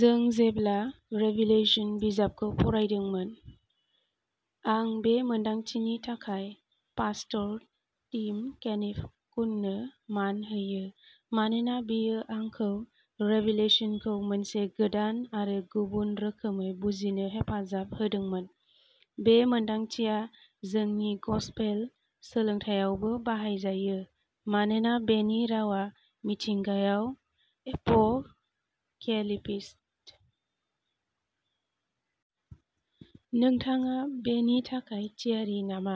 जों जेब्ला रेभिलेशन बिजाबखौ फरायदोंमोन। आं बे मोनदांथिनि थाखाय पास्टर टिम केनिफ-कुननो मान होयो मानोना बेयो आंखौ रेभिलेशनखौ मोनसे गोदान आरो गुबुन रोखोमै बुजिनो हेफाजाब होदोंमोन। बे मोनदांथिया जोंनि गसपेल सोलोंथायावबो बाहायजायो, मानोना बेनि रावा मिथिंगायाव एपोकेलिप्टिक। नोंथाङा बेनि थाखाय थियारि नामा?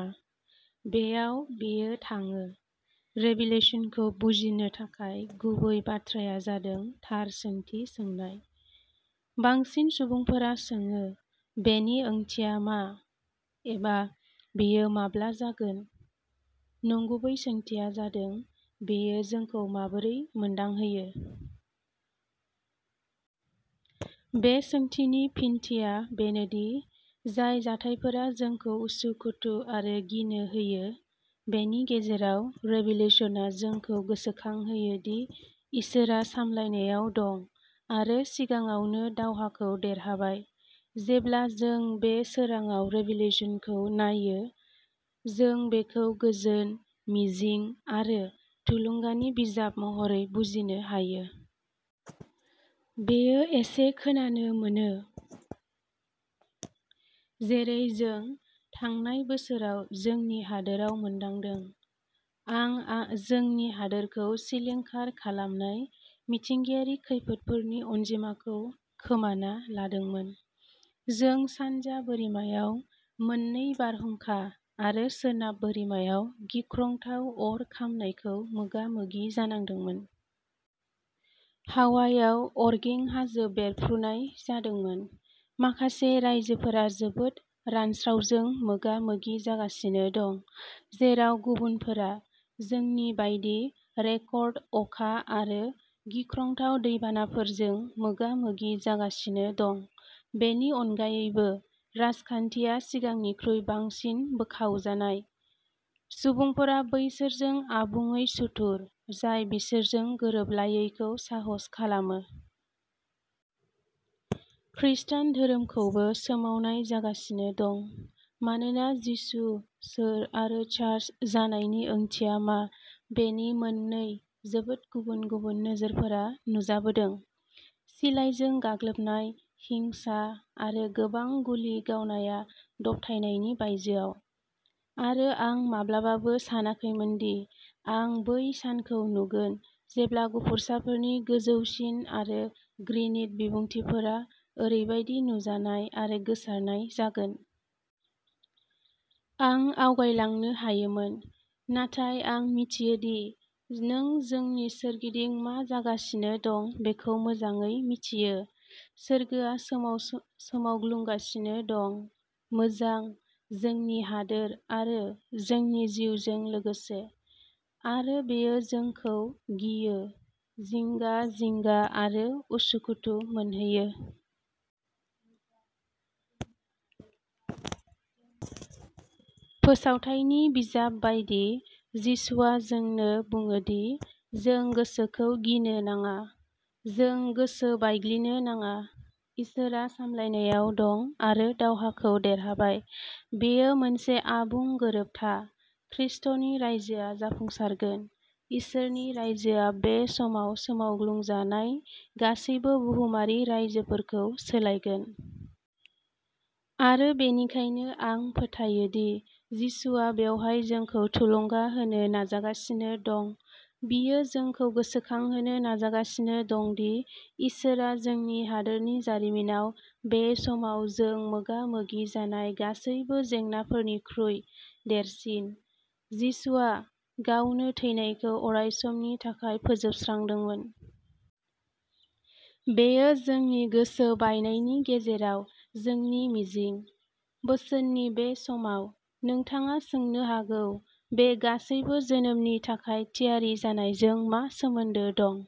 बेयाव बेयो थाङोः रेभिलेशनखौ बुजिनो थाखाय गुबै बाथ्राया जादों थार सोंथि सोंनाय। बांसिन सुबुंफोरा सोङो "बेनि ओंथिया मा?" एबा "बेयो माब्ला जागोन?" नंगुबै सोंथिया जादों "बेयो जोंखौ माबोरै मोनदांहोयो?" बे सोंथिनि फिनथिया बेनो दि जाय जाथायफोरा जोंखौ उसुखुथु आरो गिनो होयो, बेनि गेजेराव रेभिलेशनआ जोंखौ गोसोखांहोयो दि इसोरआ सामलायनायाव दं आरो सिगाङावनो दावहाखौ देरहाबाय। जेब्ला जों बे सोरांाव रेभिलेशनखौ नायो, जों बेखौ गोजोन, मिजिं आरो थुलुंगानि बिजाब महरै बुजिनो हायो। बेयो एसे खोनानो मोनो। जेरै जों थांनाय बोसोराव जोंनि हादोराव मोन्दांदों। आं जोंनि हादोरखौ सिलिंखार खालामनाय मिथिंगायारि खैफोदफोरनि अनजिमाखौ खोमाना लादोंमोन। जों सानजा बोरिमायाव मोननै बारहुंखा आरो सोनाब बोरिमायाव गिख्रंथाव अर खामनायखौ मोगा-मोगि जानांदोंमोन। हावाइआव अरगें हाजो बेरफ्रुनाय जादोंमोन। माखासे रायजोफोरा जोबोद रानस्रावजों मोगा-मोगि जागासिनो दं, जेराव गुबुनफोरा, जोंनि बायदि, रेकर्ड अखा आरो गिख्रंथाव दैबानाफोरजों मोगा-मोगि जागासिनो दं। बेनि अनगायैबो, राजखान्थिया सिगांनिख्रुइ बांसिन बोखावजानाय। सुबुंफोरा बैसोरजों आबुङै सुथुर जाय बिसोरजों गोरोबलायैखौ साहस खालामो। खृष्टान धोरोमखौबो सोमावनाय जागासिनो दं मानोना जिसु सोर आरो चार्च जानायनि ओंथिया मा बेनि मोननै जोबोद गुबुन-गुबुन नोजोरफोरा नुजाबोदों। सिलाइजों गाग्लोबनाय हिंसा आरो गोबां गुलि गावनाया दबथायनायनि बायजोआव। आरो आं माब्लाबाबो सानाखैमोनदि आं बै सानखौ नुगोन जेब्ला गुफुरसाफोरनि गोजौसिन आरो घृणित बिबुंथिफोरा ओरैबादि नुजानाय आरो गोसारनाय जागोन। आं आवगायलांनो हायोमोन, नाथाय आं मिथियो दि नों जोंनि सोरगिदिं मा जागासिनो दं बेखौ मोजाङै मिथियो। सोरगोआ सोमावग्लुंगासिनो दं, मोजां, जोंनि हादोर आरो जोंनि जिउजों लोगोसे। आरो बेयो जोंखौ गियो, जिंगा-जिंगा आरो उसुखुथु मोनहोयो। फोसावथायनि बिजाब बायदि, जिसुआ जोंनो बुङो दि जों गोसोखौ गिनो नाङा। जों गोसो बायग्लिनो नाङा। इसोरआ सामलायनायाव दं आरो दावहाखौ देरहाबाय। बेयो मोनसे आबुं गोरोबथा। खृष्टनि रायजोआ जाफुंसारगोन। इसोरनि रायजोआ बे समाव सोमावग्लुंजानाय गासैबो बुहुमारि रायजोफोरखौ सोलायगोन। आरो बेनिखायनो आं फोथायो दि जिसुआ बेवहाय जोंखौ थुलुंगा होनो नाजागासिनो दं। बियो जोंखौ गोसोखांहोनो नाजागासिनो दं दि इसोरआ जोंनि हादोरनि जारिमिनाव बे समाव जों मोगा-मोगि जानाय गासैबो जेंनाफोरनिख्रुइ देरसिन। जिसुआ, गावनो थैनायखौ अरायसमनि थाखाय फोजोबस्रांदोंमोन। बेयो जोंनि गोसो बायनायनि गेजेराव जोंनि मिजिं। बोसोननि बे समाव, नोंथाङा सोंनो हागौ "बे गासैबो जोनोमनि थाखाय थियारि जानायजों मा सोमोन्दो दं?